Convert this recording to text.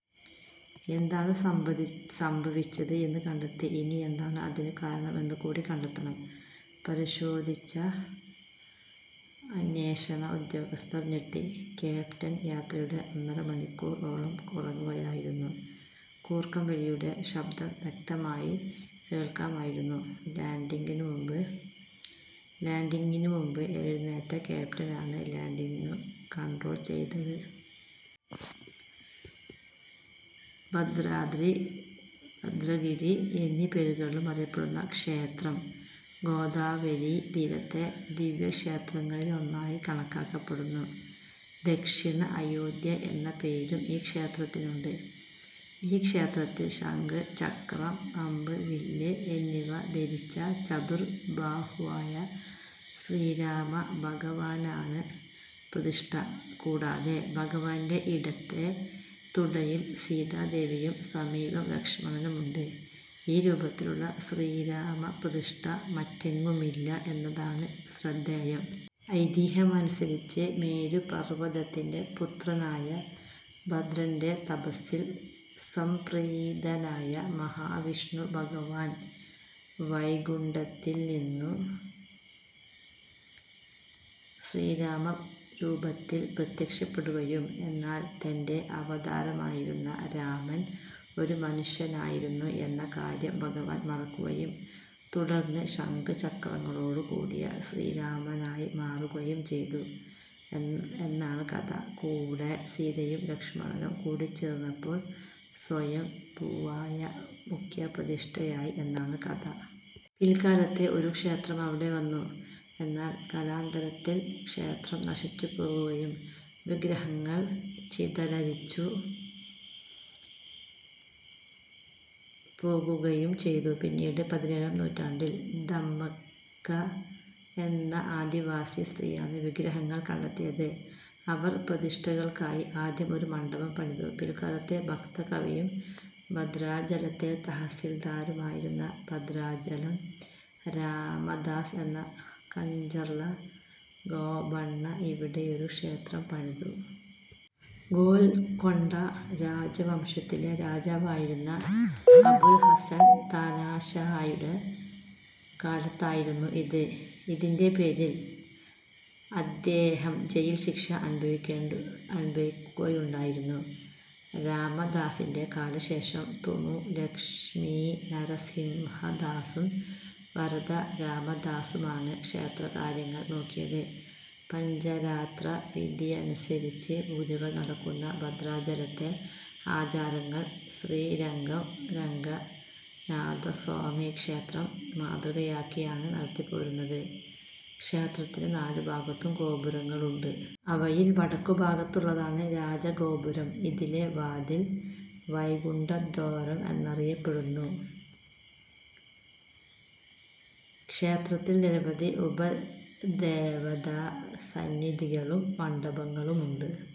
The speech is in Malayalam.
എന്താണ് സംഭവിച്ചത് എന്ന് കണ്ടെത്തി ഇനി എന്താണ് അതിനു കാരണം എന്ന് കൂടി കണ്ടെത്തണം പരിശോധിച്ച അന്വേഷണ ഉദ്യോഗസ്ഥർ ഞെട്ടി. ക്യാപ്റ്റൻ യാത്രയുടെ ഒന്നര മണിക്കൂർ ഓളം ഉറങ്ങുകയായിരുന്നു!!!! കൂർക്കം വലിയുടെ ശബ്ദം വ്യക്തമായി കേൾക്കാം ആയിരുന്നു. ലാണ്ടിംഗ് നു മുൻപ് എഴുനേറ്റ ക്യാപ്റ്റൻ ആണ് ലാണ്ടിങ്ങു കണ്ട്രോൾ ചെയ്തത്. ഭദ്രാദ്രി, ഭദ്രഗിരി എന്നീ പേരുകളിലും അറിയപ്പെടുന്ന ക്ഷേത്രം ഗോദാവരീതീരത്തെ ദിവ്യക്ഷേത്രങ്ങളിലൊന്നായി കണക്കാക്കപ്പെടുന്നു. 'ദക്ഷിണ അയോദ്ധ്യ' എന്ന പേരും ഈ ക്ഷേത്രത്തിനുണ്ട്. ഈ ക്ഷേത്രത്തിൽ ശംഖ്, ചക്രം, അമ്പ്, വില്ല് എന്നിവ ധരിച്ച ചതുർബാഹുവായ ശ്രീരാമഭഗവാനാണ് പ്രതിഷ്ഠ. കൂടാതെ, ഭഗവാന്റെ ഇടത്തേ തുടയിൽ സീതാദേവിയും സമീപം ലക്ഷ്മണനുമുണ്ട്. ഈ രൂപത്തിലുള്ള ശ്രീരാമപ്രതിഷ്ഠ മറ്റെങ്ങുമില്ല എന്നതാണ് ശ്രദ്ധേയം. ഐതിഹ്യമനുസരിച്ച്, മേരുപർവ്വതത്തിന്റെ പുത്രനായ ഭദ്രന്റെ തപസ്സിൽ സംപ്രീതനായ മഹാവിഷ്ണുഭഗവാൻ വൈകുണ്ഠത്തിൽ നിന്നുവന്ന് ശ്രീരാമരൂപത്തിൽ പ്രത്യക്ഷപ്പെടുകയും, എന്നാൽ, തന്റെ അവതാരമായിരുന്ന രാമൻ ഒരു മനുഷ്യനായിരുന്നു എന്ന കാര്യം ഭഗവാൻ മറക്കുകയും തുടർന്ന്, ശംഖ്-ചക്രങ്ങളോടുകൂടിയ ശ്രീരാമനായി മാറുകയും ചെയ്തു എന്നാണ് കഥ. കൂടെ, സീതയും ലക്ഷ്മണനും കൂടിച്ചേർന്നപ്പോൾ സ്വയംഭൂവായ മുഖ്യപ്രതിഷ്ഠയായി എന്നാണ് കഥ. പിൽക്കാലത്ത് ഒരു ക്ഷേത്രം അവിടെ വന്നു. എന്നാൽ, കാലാന്തരത്തിൽ ക്ഷേത്രം നശിച്ചുപോകുകയും വിഗ്രഹങ്ങൾ ചിതലരിച്ചുപോകുകയും ചെയ്തു. പിന്നീട്, പതിനേഴാം നൂറ്റാണ്ടിൽ ദമ്മക്ക എന്ന ആദിവാസി സ്ത്രീയാണ് വിഗ്രഹങ്ങൾ കണ്ടെത്തിയത്. അവർ പ്രതിഷ്ഠകൾക്കായി ആദ്യം ഒരു മണ്ഡപം പണിതു. പിൽക്കാലത്ത്, ഭക്തകവിയും ഭദ്രാചലത്തെ തഹസിൽദാരുമായിരുന്ന ഭദ്രാചലം രാമദാസ് എന്ന കഞ്ചർല ഗോപണ്ണ ഇവിടെയൊരു ക്ഷേത്രം പണിതു. ഗോൽക്കൊണ്ട രാജവംശത്തിലെ രാജാവായിരുന്ന അബുൽ ഹസൻ താനാഷായുടെ കാലത്തായിരുന്നു ഇത്. ഇതിന്റെ പേരിൽ അദ്ദേഹം ജയിൽ ശിക്ഷ അനുഭവിയ്ക്കുകയുണ്ടായി. രാമദാസിന്റെ കാലശേഷം, തുമു ലക്ഷ്മീനരസിംഹദാസും വരദ രാമദാസുമാണ് ക്ഷേത്രകാര്യങ്ങൾ നോക്കിയത്. പഞ്ചരാത്രവിധിയനുസരിച്ച് പൂജകൾ നടക്കുന്ന ഭദ്രാചലത്തെ ആചാരങ്ങൾ, ശ്രീരംഗം രംഗനാഥസ്വാമിക്ഷേത്രം മാതൃകയാക്കിയാണ് നടത്തിപ്പോരുന്നത്. ക്ഷേത്രത്തിന് നാലുഭാഗത്തും ഗോപുരങ്ങളുണ്ട്. അവയിൽ, വടക്കുഭാഗത്തുള്ളതാണ് രാജഗോപുരം. ഇതിലെ വാതിൽ, 'വൈകുണ്ഠദ്വാരം' എന്നറിയപ്പെടുന്നു. ക്ഷേത്രത്തിൽ, നിരവധി ഉപദേവതാസന്നിധികളും മണ്ഡപങ്ങളുമുണ്ട്.